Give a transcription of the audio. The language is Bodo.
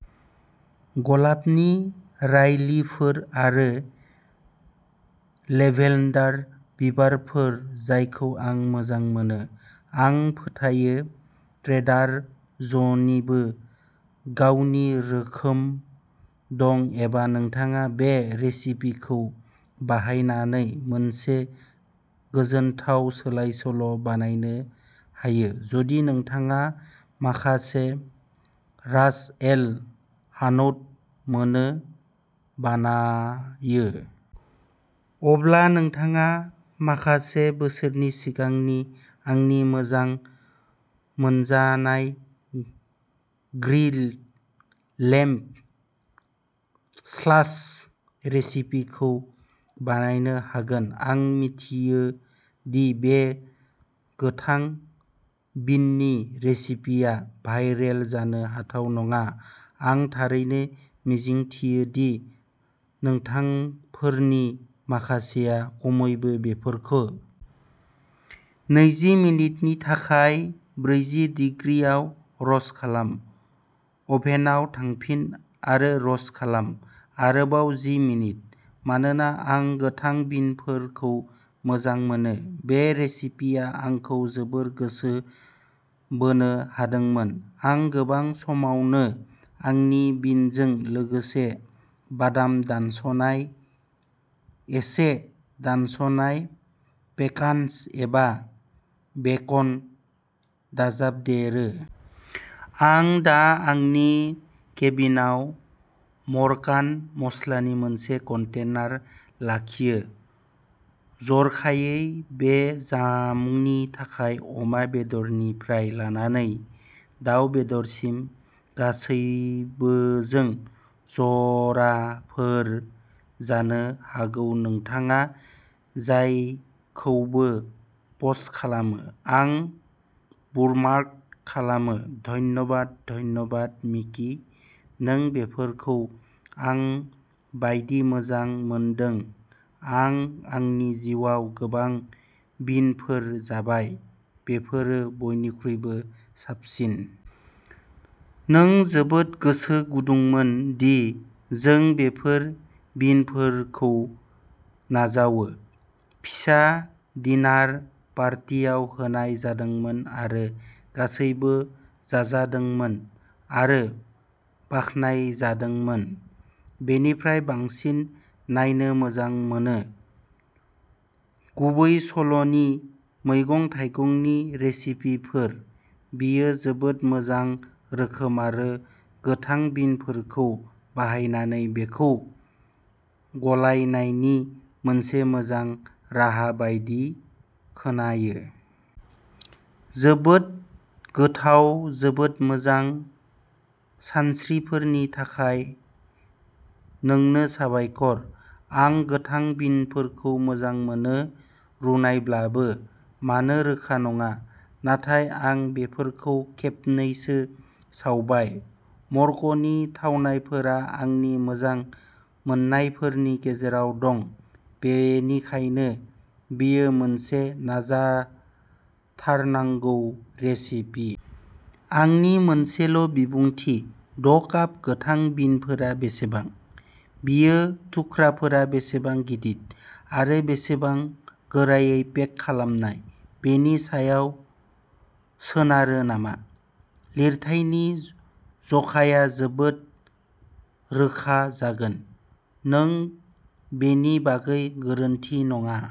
गलाबनि फाइलिफोर आरो लेभेन्डार बिबारफोर जायखौ आं मोजां मोनो। आं फोथायो ट्रेडार ज'निबो गावनि रोखोम दं-एबा नोंथाङा बे रेसिपिखौ बाहायनानै मोनसे गोजोनथाव सोलाय-सोल' बानायनो हायो। जुदि नोंथाङा माखासे रास एल हानौत मोनो बानायो, अब्ला नोंथाङा माखासे बोसोर सिगांनि आंनि मोजां मोनजानाय ग्रिल्ड लेम्ब चाप्स रेसिपिखौबो बानायनो हागोन आं मिथियो दि बे गोथां बिननि रेसिपिया भाइरेल जानो हाथाव नङा, आं थारैनो मिजिंथियो दि नोंथांफोरनि माखासेया खमैबो बेफोरखौ नैजि मिनिटनि थाखाय ब्रैजौ दिग्रि आव र'स्ट खालाम। अभेनआव थांफिन आरो र'स्ट खालाम। आरोबाव जि मिनिट। मानोना आं गोथां बिनफोरखौ मोजां मोनो, बे रेसिपिया आंखौ जोबोद गोसो बोनो हादोंमोन। आं गोबां समावनो आंनि बिनजों लोगोसे बादाम दानस'नाय, एसे दानस'नाय पेकान्स एबा बेकन दाजाबदेरो। आं दा आंनि केबिनेटआव मरक्कान मस्ला नि मोनसे कन्टेनार लाखियो जर'खायै बे जामुंनि थाखाय अमा बेदरनिफ्राय लानानै दाव बेदरसिम गासैबोजों जराफोर जानो हागौ नोंथाङा जायखौबो पस्ट खालामो, आं बुकमार्क खालामो, धन्यबाद धन्यबाद मिकि, नों बेफोरखौ आं बायदि मोजां मोनदों आं आंनि जिउआव गोबां बिनफोर जाबाय, बेफोरो बयनिख्रुइ साबसिन। नों जोबोद गोसो गुदुंमोन दि जों बेफोर बिनफोरखौ नाजावो। फिसा डिनार पार्टियाव होनाय जादोंमोन आरो गासैबो जाजादोंमोन आरो बाखनायजादोंमोन। बेनिफ्राय बांसिन नायनो मोजां मोनो। गुबैसल'नि मैगं-थाइगंनि रेसिपिफोर। बेयो जोबोद मोजां रोखोम आरो गोथां बिनफोरखौ बाहायनानै बेखौ गलायनायनि मोनसे मोजां राहा बायदि खोनायो। जोबोद गोथाव जोबोद मोजां सानस्रिफोरनि थाखाय नोंनो साबायखर। आं गोथां बिनफोरखौ मोजां मोनो, रुनायब्लाबो। मानो रोखा नङा, नाथाय आं बेफोरखौ खेबनैसो सावबाय। मरक्क'नि थावनायफोरा आंनि मोजां मोनजानायफोरनि गेजेराव दं, बेनिखायनो बेयो मोनसे नाजाथारनांगौ रेसिपि। आंनि मोनसेल' बिबुंथि द'काप गोथां बिनफोरा बेसेबां? बेयो थुख्राफोरा बेसेबां गिदिर, आरो बेसेबां गोरायै पेक खालामनाय बेनि सायाव सोनारो नामा? लिरथायनि जखाया जोबोद रोखा जागोन। नों बेनि बागै गोरोन्थि नङा,